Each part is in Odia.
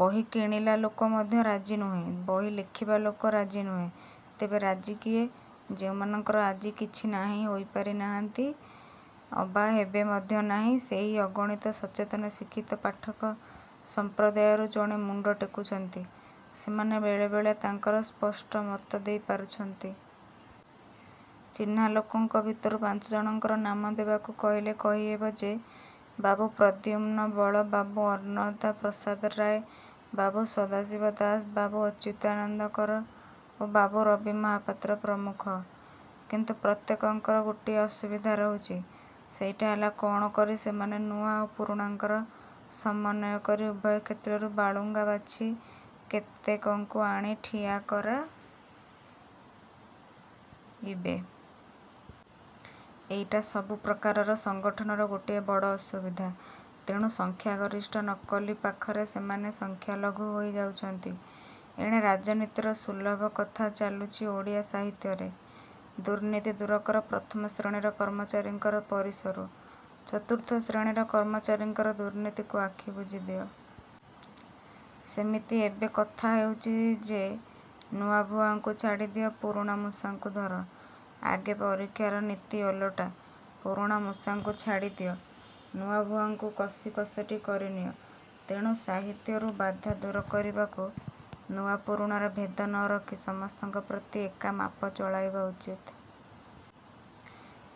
ବହି କିଣିଲା ଲୋକ ମଧ୍ୟ ରାଜି ନୁହେଁ। ବହି ଲେଖିବା ଲୋକ ରାଜି ନୁହେଁ। ତେବେ ରାଜି କିଏ? ଯେଉଁମାନଙ୍କର ଆଜି କିଛି ନାହିଁ-ହୋଇପାରି ନାହାନ୍ତି ଅବା ହେବେ ମଧ୍ୟ ନାହିଁ-ସେହି ଅଗଣିତ ସଚେତନ ଶିକ୍ଷିତ ପାଠକ ସଂପ୍ରଦାୟରୁ ଜଣେ ମୁଣ୍ଡ ଟେକୁଛନ୍ତି, ସେମାନେ ବେଳେବେଳେ ତାଙ୍କର ସ୍ପଷ୍ଟ ମତ ଦେଇ ପାରୁଛନ୍ତି। ଚିହ୍ନା ଲୋକଙ୍କ ଭିତରୁ ପାଞ୍ଚଜଣଙ୍କର ନାମ ଦେବାକୁ କହିଲେ କହିହେବ ଯେ-ବାବୁ ପ୍ରଦ୍ୟୁମ୍ନ ବଳ, ବାବୁ ଅନ୍ନଦା ପ୍ରସାଦ ରାୟ, ବାବୁ ସଦାଶିବ ଦାସ, ବାବୁ ଅଚ୍ୟୁତାନନ୍ଦ କର ଓ ବାବୁ ରବି ମହାପାତ୍ର ପ୍ରମୁଖ। କିନ୍ତୁ ପ୍ରତ୍ୟେକଙ୍କର ଗୋଟିଏ ଅସୁବିଧା ରହୁଛି। ସେଇଟା ହେଲା କ'ଣ କରି ସେମାନେ ନୂଆ ଓ ପୁରୁଣାଙ୍କର ସମନ୍ନୟ କରି ଉଭୟ କ୍ଷେତ୍ରରୁ ବାଳୁଙ୍ଗା ବାଛି କେତେକଙ୍କୁ ଆଣି ଠିଆ କରାଇବେ। ଏଇଟା ସବୁ ପ୍ରକାରର ସଙ୍ଗଠନର ଗୋଟିଏ ବଡ଼ ଅସୁବିଧା। ତେଣୁ ସଂଖ୍ୟାଗରିଷ୍ଠ ନକଲି ପାଖରେ ସେମାନେ ସଂଖ୍ୟାଲଘୁ ହୋଇ ଯାଉଛନ୍ତି। ଏଣେ ରାଜନୀତିର ସୁଲଭ କଥା ଚାଲୁଛି ଓଡ଼ିଆ ସାହିତ୍ୟରେ। ଦୁର୍ନୀତି ଦୂର କର-ପ୍ରଥମ ଶ୍ରେଣୀର କର୍ମଚାରୀଙ୍କର ପରିସରୁ। ଚତୁର୍ଥ ଶ୍ରେଣୀର କର୍ମଚାରୀଙ୍କର ଦୁର୍ନୀତିକୁ ଆଖି ବୁଜି ଦିଅ। ସେମିତି ଏବେ କଥା ହେଉଛି ଯେ ନୂଆଭୂଆଙ୍କୁ ଛାଡ଼ିଦିଅ। ପୁରୁଣା ମୂଷାଙ୍କୁ ଧର। ଆଗେ ପରୀକ୍ଷାର ନୀତି ଓଲଟା-ପୁରୁଣା ମୂଷାଙ୍କୁ ଛାଡ଼ିଦିଅ। ନୂଆଭୂଆଙ୍କୁ କଷି କଷଟି କରି ନିଅ। ତେଣୁ ସାହିତ୍ୟରୁ ବାଧା ଦୂର କରିବାକୁ ନୂଆପୁରୁଣାର ଭେଦ ନ ରଖି ସମସ୍ତଙ୍କ ପ୍ରତି ଏକା ମାପ ଚଳାଇବା ଉଚିତ୍।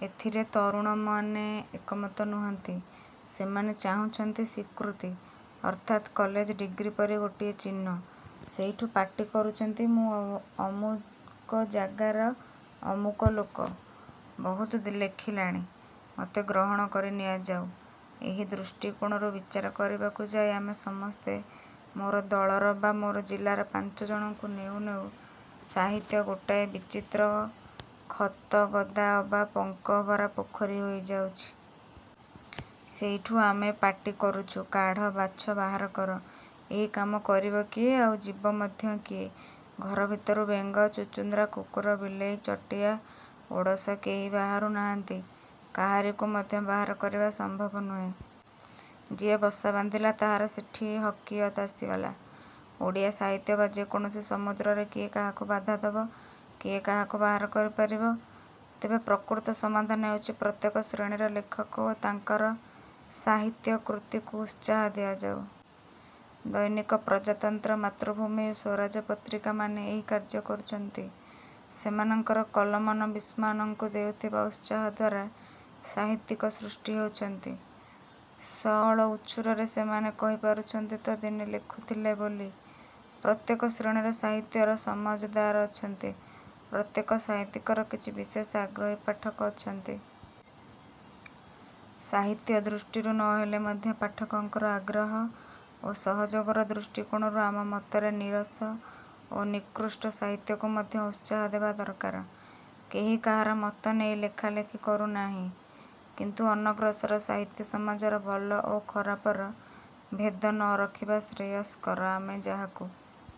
ଏଥିରେ ତରୁଣମାନେ ଏକମତ ନୁହନ୍ତି। ସେମାନେ ଚାହୁଁଛନ୍ତି ସ୍ୱୀକୃତି-ଅର୍ଥାତ୍ କଲେଜ ଡିଗ୍ରି ପରି ଗୋଟାଏ ଚିହ୍ନ। ସେଇଠୁ ପାଟି କରୁଛନ୍ତି-ମୁଁ ଅମୁକ ଜାଗାର ଅମୁକ ଲୋକ। ବହୁତ ଲେଖିଲାଣି। ମତେ ଗ୍ରହଣ କରି ନିଆଯାଉ। ଏହି ଦୃଷ୍ଟିକୋଣରୁ ବିଚାର କରିବାକୁ ଯାଇ ଆମେ ସମସ୍ତେ ମୋର ଦଳର ବା ମୋର ଜିଲାର ପାଞ୍ଚଜଣଙ୍କୁ ନେଉ ନେଉ ସାହିତ୍ୟ ଗୋଟାଏ ବିଚିତ୍ର ଖତଗଦା ଅବା ପଙ୍କଭରା ପୋଖରୀ ହେଇଯାଉଛି। ସେଇଠୁ ଆମେ ପାଟି କରୁଛୁ କାଢ଼, ବାଛ, ବାହାର କର। ଏହି କାମ କରିବ କିଏ? ଆଉ ଯିବ। ମଧ୍ୟ କିଏ? ଘର ଭିତରୁ ବେଙ୍ଗ, ଚୁଚୁନ୍ଦ୍ରା, କୁକୁର, ବିଲେଇ, ଚଟିଆ, ଓଡ଼ଶ କେହି ବାହାରୁ ନାହାନ୍ତି। କାହାରିକୁ ମଧ୍ୟ ବାହାର କରିବା ସମ୍ଭବ ନୁହେଁ। ଯିଏ ବସା ବାନ୍ଧିଲା ତାହାର ସେଠି ହକିୟତ ଆସିଗଲା। ଓଡ଼ିଆ ସାହିତ୍ୟ ବା ଯେ କୌଣସି ସମୁଦ୍ରରେ କିଏ କାହାକୁ ବାଧା ଦବ? କିଏ କାହାକୁ ବାହାର କରିପାରିବ? ତେବେ ପ୍ରକୃତ ସମାଧାନ ହେଉଛି ପ୍ରତ୍ୟେକ ଶ୍ରେଣୀର ଲେଖକ ଓ ତାଙ୍କର ସାହିତ୍ୟ କୃତିକୁ ଉତ୍ସାହ ଦିଆଯାଉ। ଦୈନିକ ପ୍ରଜାତନ୍ତ୍ର, ମାତୃଭୂମି ଓ ସ୍ୱରାଜ୍ୟ ପତ୍ରିକା ମାନେ ଏହି କାର୍ଯ୍ୟ କରୁଛନ୍ତି। ସେମାନଙ୍କର କଲମନବିଶ୍ମାନଙ୍କୁ ଦେଉଥିବା ଉତ୍ସାହ ଦ୍ୱାରା ସାହିତ୍ୟିକ ସୃଷ୍ଟି ହେଉଛନ୍ତି-। ସଅଳ ଉଛୁରରେ ସେମାନେ କହିପାରୁଛନ୍ତି ତ ଦିନେ ଲେଖୁଥିଲେ ବୋଲି। ପ୍ରତ୍ୟେକ ଶ୍ରେଣୀର ସାହିତ୍ୟର ସମଜଦାର ଅଛନ୍ତି, ପ୍ରତ୍ୟେକ ସାହିତ୍ୟିକର କିଛି ବିଶେଷ ଆଗ୍ରହୀ ପାଠକ ଅଛନ୍ତି। ସାହିତ୍ୟ ଦୃଷ୍ଟିରୁ ନ ହେଲେ ମଧ୍ୟ ପାଠକଙ୍କର ଆଗ୍ରହ ଓ ସହଯୋଗର ଦୃଷ୍ଟିକୋଣରୁ ଆମ ମତରେ ନିରସ ଓ ନିକୃଷ୍ଟ ସାହିତ୍ୟକୁ ମଧ୍ୟ ଉତ୍ସାହ ଦେବା ଦରକାର। କେହି କାହାର ମତ ନେଇ ଲେଖାଲେଖି କରୁନାହିଁ। କିନ୍ତୁ ଅନଗ୍ରସର ସାହିତ୍ୟ ସମାଜରେ ଭଲ ଓ ଖରାପର ଭେଦ ନ ରଖିବା ଶ୍ରେୟସ୍କର। ଆମେ ଯାହାକୁ